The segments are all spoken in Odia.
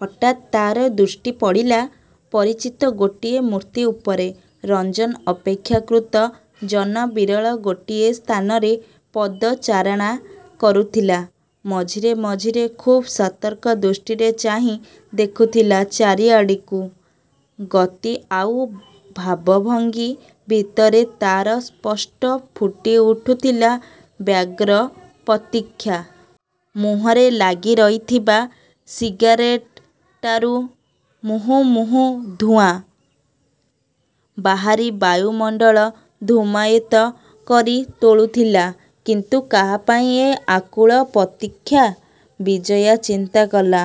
ହଠାତ୍ ତା'ର ଦୃଷ୍ଟି ପଡ଼ିଲା, ପରିଚିତ ଗୋଟିଏ ମୂର୍ତ୍ତି ଉପରେ। ରଞ୍ଜନ ଅପେକ୍ଷାକୃତ ଜନ ବିରଳ ଗୋଟିଏ ସ୍ଥାନରେ ପଦ ଚାରଣା କରୁଥିଲା। ମଝିରେ ମଝିରେ ଖୁବ୍ ସତର୍କ ଦୃଷ୍ଟିରେ ଚାହିଁ ଦେଖୁଥିଲା ଚାରିଆଡ଼କୁ। ଗତି ଆଉ ଭାବଭଙ୍ଗି ଭିତରେ ତା'ର ସ୍ପଷ୍ଟ ଫୁଟି ଉଠୁଥିଲା ବ୍ୟଗ୍ର ପ୍ରତୀକ୍ଷା-। ମୁହଁରେ ଲାଗି ରହିଥିବା ସିଗାରେଟଟାରୁ ମୁହୁର୍ମୁହୁଃ ଧୂଆଁ ବାହାରି ବାୟୁମଣ୍ତଳ ଧୂମାୟିତ କରି ତୋଳୁଥିଲା। କିନ୍ତୁ କାହାପାଇଁ ଏ ଆକୁଳ ପ୍ରତୀକ୍ଷା? ବିଜୟା ଚିନ୍ତା କଲା।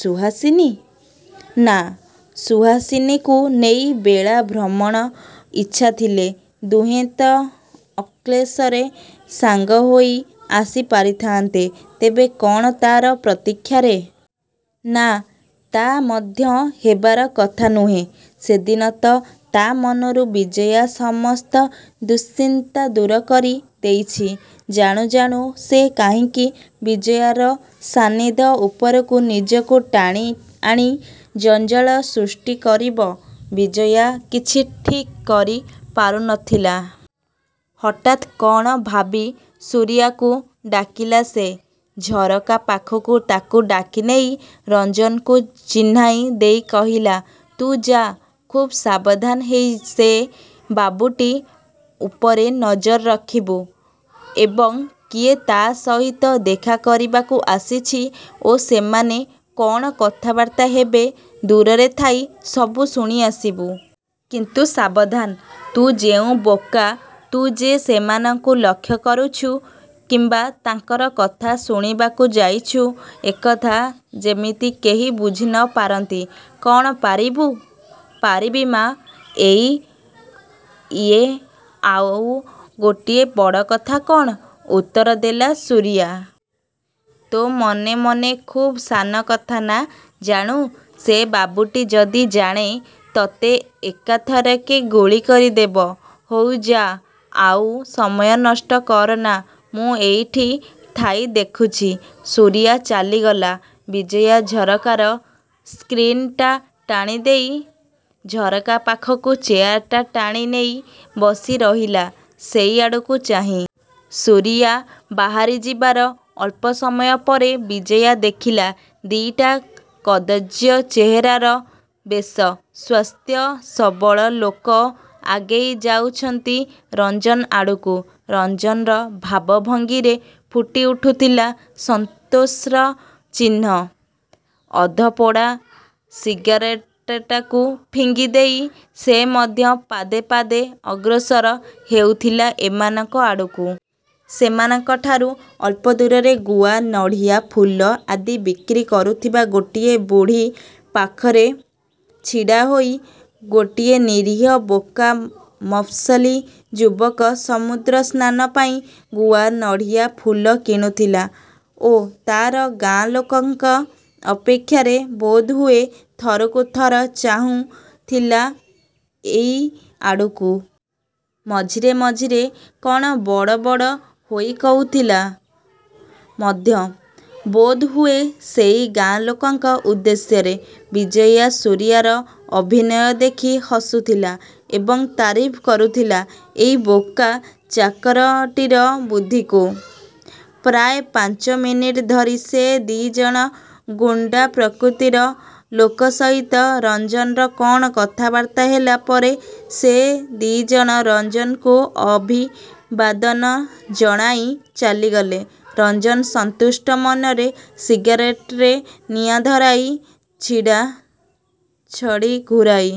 ସୁହାସିନୀ-? ନା ସୁହାସିନୀକୁ ନେଇ ବେଳା ଭ୍ରମଣ ଇଚ୍ଛାଥିଲେ ଦୁହେଁତ ଅକ୍ଳେଶରେ ସାଙ୍ଗ ହୋଇ ଆସି ପାରିଥାନ୍ତେ। ତେବେ କ'ଣ ତା'ରି ପ୍ରତୀକ୍ଷାରେ? ନା ତା' ମଧ୍ୟ ହେବାର କଥା ନୁହଁ। ସେଦିନ ତ ତା'ମନରୁ ବିଜୟା ସମସ୍ତ ଦୁଃଶ୍ଚିନ୍ତା ଦୂରକରି ଦେଇଚି। ଜାଣୁ ଜାଣୁ ସେ କାହିଁକି ବିଜୟାର ସାନିଧ୍ୟ ଉପରକୁ ନିଜକୁ ଟାଣି ଆଣି ଜଞ୍ଜାଳ ସୃଷ୍ଟି କରିବ। ବିଜୟା କିଛି ଠିକ୍ କରି ପାରୁ ନ ଥିଲା। ହଠାତ୍ କ'ଣ ଭାବି ସୁରିଆକୁ ଡାକିଲା ସେ। ଝରକା ପାଖକୁ ତା'କୁ ଡାକି ନେଇ ରଞ୍ଜନକୁ ଚିହ୍ନାଇ ଦେଇ କହିଲା— "ତୁ ଯା, ଖୁବ୍ ସାବଧାନ ହେଇ ସେ ବାବୁଟି ଉପରେ ନଜର ରଖିବୁ। ଏବଂ କିଏ ତା' ସହିତ ଦେଖା କରିବାକୁ ଆସିବ ଓ ସେମାନେ କ'ଣ କଥାବାର୍ତ୍ତା ହେବ, ଦୂରରେ ଥାଇ ସବୁ ଶୁଣି ଆସିବୁ। କିନ୍ତୁ ସାବଧାନ, ତୁ ଯେଉଁ ବୋକା, ତୁ ଯେ ସେମାନଙ୍କୁ ଲକ୍ଷ୍ୟ କରୁଚୁ, କିମ୍ଵା ତାଙ୍କର କଥା ଶୁଣିବାକୁ ଯାଇଚୁ, ଏକଥା ଯେମିତି କେହି ବୁଝି ନ ପାରନ୍ତି। କ'ଣ ପାରିବୁ? '' "ପାରିବି ମା, ଇଏ ଆଉ ଗୋଟାଏ ବଡ଼ କଥା କ'ଣ? '' ଉତ୍ତର ଦେଲା ସୁରିଆ। "ତୋ ମନେ ମନେ ଖୁବ୍ ସାନ କଥା ନା? ଜାଣୁ,—ସେ ବାବୁଟି ଯଦି ଜାଣେ, ତୋତେ ଏକାଥରକେ ଗୁଳି କରିଦେବ। ହଉ ଯା, ଆଉ ସମୟ ନଷ୍ଟ କର ନା, ମୁଁ ଏଇଠି ଥାଇ ଦେଖୁଚି। '' ସୁରିଆ ଚାଲିଗଲା। ବିଜୟା ଝରକାର ସ୍କ୍ରିନଟା ଟାଣିଦେଇ ଝରକା ପାଖକୁ ଚେୟାରଟା ଟାଣି ନେଇ ବସି ରହିଲା ସେଇଆଡ଼କୁ ଚାହିଁ। ସୁରିଆ ବାହାରି ଯିବାର ଅଳ୍ପସମୟ ପରେ ବିଜୟା ଦେଖିଲା ଦି'ଟା କଦର୍ଯ୍ୟ ଚେହେରାର ବେଶ ସୁସ୍ଥ ସବଳ ଲୋକ ଆଗେଇ ଯାଉଚନ୍ତି ରଞ୍ଜନ ଆଡ଼କୁ। ରଞ୍ଜନର ଭାବଭଙ୍ଗିରେ ଫୁଟି ଉଠୁଥିଲା ସନ୍ତୋଷର ଚିହ୍ନ। ଅଧପୋଡ଼ା ସିଗାରେଟଟାକୁ ଫିଙ୍ଗି ଦେଇ ସେ ମଧ୍ୟ ପାଦେ ପାଦେ ଅଗ୍ରସର ହେଉଥିଲା ଏମାନଙ୍କ ଆଡ଼କୁ। ସେମାନଙ୍କଠାରୁ ଅଳ୍ପ ଦୂରରେ ଗୁଆ, ନଡ଼ିଆ, ଫୁଲ ଆଦି ବିକ୍ରି କରୁଥିବା ଗୋଟିଏ ବୁଢ଼ୀ ପାଖରେ ଛିଡ଼ା ହୋଇ ଗୋଟିଏ ନିରୀହ ବୋକା ମଫସଲି ଯୁବକ ସମୁଦ୍ରସ୍ନାନ ପାଇଁ ଗୁଆ, ନଡ଼ିଆ, ଫୁଲ କିଣୁଥିଲା ଓ ତା'ର ଗାଁ ଲୋକଙ୍କ—ଅପେକ୍ଷାରେ ବୋଧହୁଏ ଥରକୁ ଥର ଚାହୁଁ ଥିଲା ଏଇ ଆଡ଼କୁ। ମଝିରେ ମଝିରେ କ'ଣ ବଡ଼ ବଡ଼ ହୋଇ କହୁଥିଲା ମଧ୍ୟ। ବୋଧହୁଏ ସେଇ ଗାଁ ଲୋକଙ୍କ ଉଦ୍ଦେଶ୍ୟରେ। ବିଜୟା ସୁରିଆର ଅଭିନୟ ଦେଖି ହସୁଥିଲା ଏବଂ ତାରିଫ କରୁଥିଲା ଏଇ ବୋକା ଚାକରଟିର ବୁଦ୍ଧିକୁ। ପ୍ରାୟ ପାଞ୍ଚମିନିଟି ଧରି ସେ ଦି'ଜଣ ଗୁଣ୍ତା ପ୍ରକୃତିର ଲୋକ ସହିତ ରଞ୍ଜନର କ'ଣ କଥାବାର୍ତ୍ତା ହେଲା ପରେ ସେ ଦି'ଜଣ ରଞ୍ଜନକୁ ଅଭିବାଦନ ଜଣାଇ ଚାଲିଗଲେ। ରଞ୍ଜନ ସନ୍ତୁଷ୍ଟ ମନରେ ସିଗାରେଟରେ ନିଆଁ ଧରାଇ, ଛଡ଼ି ଘୂରାଇ